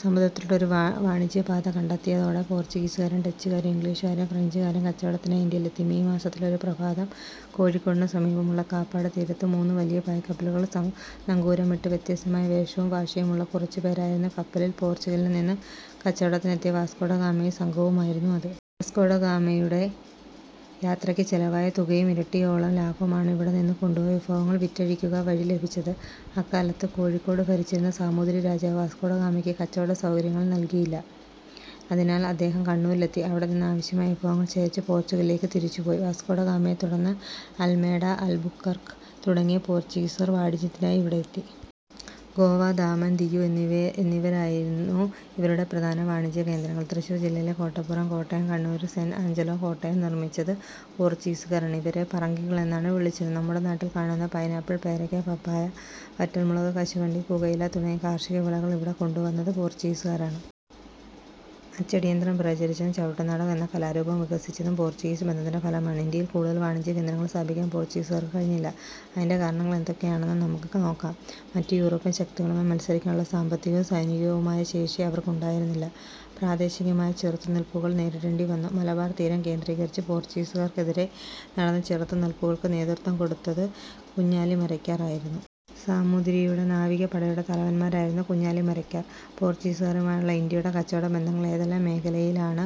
സമുദ്രത്തിലൂടെ ഒരു വാണിജ്യപാത കണ്ടെത്തിയതോടെ പോർച്ചുഗീസുകാരും ഡച്ചുകാരും ഇംഗ്ലീഷുകാരും ഫ്രഞ്ചുകാരും കച്ചവടത്തിനായി ഇന്ത്യയിലെത്തി. മേയ് മാസത്തിലെ ഒരു പ്രഭാതം. കോഴിക്കോടിനു സമീപമുള്ള കാപ്പാട് തീരത്ത് മൂന്ന് വലിയ പായ്ക്കപ്പലുകൾ നങ്കൂരമിട്ടു. വ്യത്യസ്തമായ വേഷവും ഭാഷയുമുള്ള കുറച്ചു പേരായിരുന്നു കപ്പലിൽ. പോർച്ചുഗലിൽ നിന്ന് കച്ചവടത്തിനായി എത്തിയ വാസ്കോഡഗാമയും സംഘവുമായിരുന്നു അത്. വാസ്കോഡഗാമയുടെ യാത്രയ്ക്ക് ചെലവായ തുകയുടെ ഇരട്ടിയോളം ലാഭമാണ് ഇവിടെനിന്ന് കൊണ്ടുപോയ വിഭവങ്ങൾ വിറ്റഴിക്കുക വഴി ലഭിച്ചത്. അക്കാലത്ത് കോഴിക്കോട് ഭരിച്ചിരുന്ന സാമൂതിരി രാജാവ് വാസ്കോഡഗാമയ്ക്ക് കച്ചവടസൗകര്യങ്ങൾ നൽകിയില്ല. അതിനാൽ അദ്ദേഹം കണ്ണൂരിലെത്തി. അവിടെനിന്ന് ആവശ്യമായ വിഭവങ്ങൾ ശേഖരിച്ച് പോർച്ചുഗലിലേക്ക് തിരിച്ചുപോയി. വാസ്കോഡഗാമയെ തുടർന്ന് അൽമേഡ, അൽബുക്കർക്ക് തുടങ്ങിയ പോർച്ചുഗീസുകാർ വാണിജ്യത്തിനായി ഇവിടെയെത്തി. ഗോവ, ദാമൻ, ദിയു എന്നിവയായിരുന്നു ഇവരുടെ പ്രധാന വാണിജ്യകേന്ദ്രങ്ങൾ. തൃശൂർ ജില്ലയിലെ കോട്ടപ്പുറം കോട്ടയും കണ്ണൂരിലെ സെന്റ് ആഞ്ചലോ കോട്ടയും നിർമ്മിച്ചത് പോർച്ചുഗീസുകാരാണ്. ഇവരെ "പറങ്കികൾ" എന്നാണ് വിളിച്ചിരുന്നത്. നമ്മുടെ നാട്ടിൽ കാണുന്ന പൈനാപ്പിൾ, പേരയ്ക്ക, പപ്പായ, വറ്റൽമുളക്, കശുവണ്ടി, പുകയില തുടങ്ങിയ കാർഷിക വിളകൾ ഇവിടെ കൊണ്ടുവന്നത് പോർച്ചുഗീസുകാരാണ്. അച്ചടിയന്ത്രം പ്രചരിച്ചതും ചവിട്ടുനാടകം എന്ന കലാരൂപം വികസിച്ചതും പോർച്ചുഗീസ് ബന്ധത്തിന്റെ ഫലമായാണ്. ഇന്ത്യയിൽ കൂടുതൽ വാണിജ്യകേന്ദ്രങ്ങൾ സ്ഥാപിക്കാൻ പോർച്ചുഗീസുകാർക്ക് കഴിഞ്ഞില്ല. അതിന്റെ കാരണങ്ങൾ എന്തൊക്കെയാണെന്ന് നമുക്ക് നോക്കാം. മറ്റ് യൂറോപ്യൻ ശക്തികളുമായി മത്സരിക്കാനുള്ള സാമ്പത്തികവും സൈനികവുമായ ശേഷി അവർക്കുണ്ടായിരുന്നില്ല. പ്രാദേശികമായ ചെറുത്തു നിൽപ്പുകൾ നേരിടേണ്ടിവന്നു. മലബാർ തീരം കേന്ദ്രീകരിച്ച് പോർച്ചുഗീസുകാർക്കെതിരെ നടന്ന ചെറുത്തുനിൽപ്പുകൾക്ക് നേതൃത്വം കൊടുത്തത് കുഞ്ഞാലിമരയ്ക്കാർമാർ ആയിരുന്നു. സാമൂതിരിയുടെ നാവിക പടയുടെ തലവന്മാരായിരുന്നു കുഞ്ഞാലിമരയ്ക്കാർമാർ. പോർച്ചുഗീസുകാരുമായുള്ള ഇന്ത്യയുടെ കച്ചവടബന്ധങ്ങൾ ഏതെല്ലാം മേഖലയിലാണ്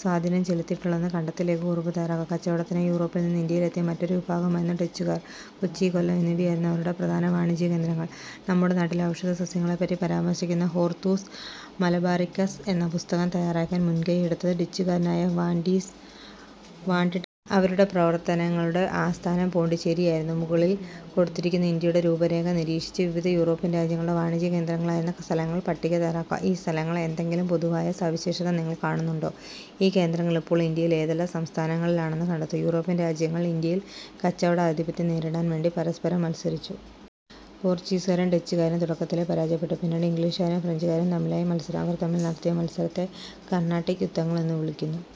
സ്വാധീനം ചെലുത്തിയിട്ടുള്ളതെന്ന് കണ്ടെത്തി ലഘുകുറിപ്പ് തയ്യാറാക്കുക. കച്ചവടത്തിനായി യൂറോപ്പിൽനിന്ന് ഇന്ത്യയിലെത്തിയ മറ്റൊരു വിഭാഗമായിരുന്നു ഡച്ചുകാർ. കൊച്ചി, കൊല്ലം എന്നിവയായിരുന്നു അവരുടെ പ്രധാന വാണിജ്യകേന്ദ്രങ്ങൾ. നമ്മുടെ നാട്ടിലെ ഔഷധസസ്യങ്ങളെപ്പറ്റി പരാമർശിക്കുന്ന ഹോർത്തൂസ് മലബാറിക്കസ് എന്ന പുസ്തകം തയ്യാറാക്കാൻ മുൻകൈയെടുത്തത് ഡച്ചുകാരനായ വാന്റീഡ് ആണ്. അവരുടെ പ്രവർത്തനങ്ങളുടെ ആസ്ഥാനം പോണ്ടിച്ചേരി ആയിരുന്നു. മുകളിൽ കൊടുത്തിരിക്കുന്ന ഇന്ത്യയുടെ രൂപരേഖ നിരീക്ഷിച്ച് വിവിധ യൂറോപ്യൻ രാജ്യങ്ങളുടെ വാണിജ്യകേന്ദ്രങ്ങളായിരുന്ന സ്ഥലങ്ങളുടെ പട്ടിക തയ്യാറാക്കുക. ഈ സ്ഥലങ്ങൾക്ക് എന്തെങ്കിലും പൊതുവായ സവിശേഷത നിങ്ങൾ കാണുന്നുണ്ടോ? ഈ കേന്ദ്രങ്ങൾ ഇപ്പോൾ ഇന്ത്യയിലെ ഏതെല്ലാം സംസ്ഥാനങ്ങളിലാണെന്ന് കണ്ടെത്തു. യൂറോപ്യൻ രാജ്യങ്ങൾ ഇന്ത്യയിൽ കച്ചവടാധിപത്യം നേടാൻ വേണ്ടി പരസ്പരം മത്സരിച്ചു. പോർച്ചുഗീസുകാരും ഡച്ചുകാരും തുടക്കത്തിലേ പരാജയപ്പെട്ടു. പിന്നീട്, ഇംഗ്ലീഷുകാരും ഫ്രഞ്ചുകാരും തമ്മിലായി മത്സരം. അവർ തമ്മിൽ നടത്തിയ മത്സരത്തെ കർണാട്ടിക് യുദ്ധങ്ങൾ എന്നു വിളിക്കുന്നു.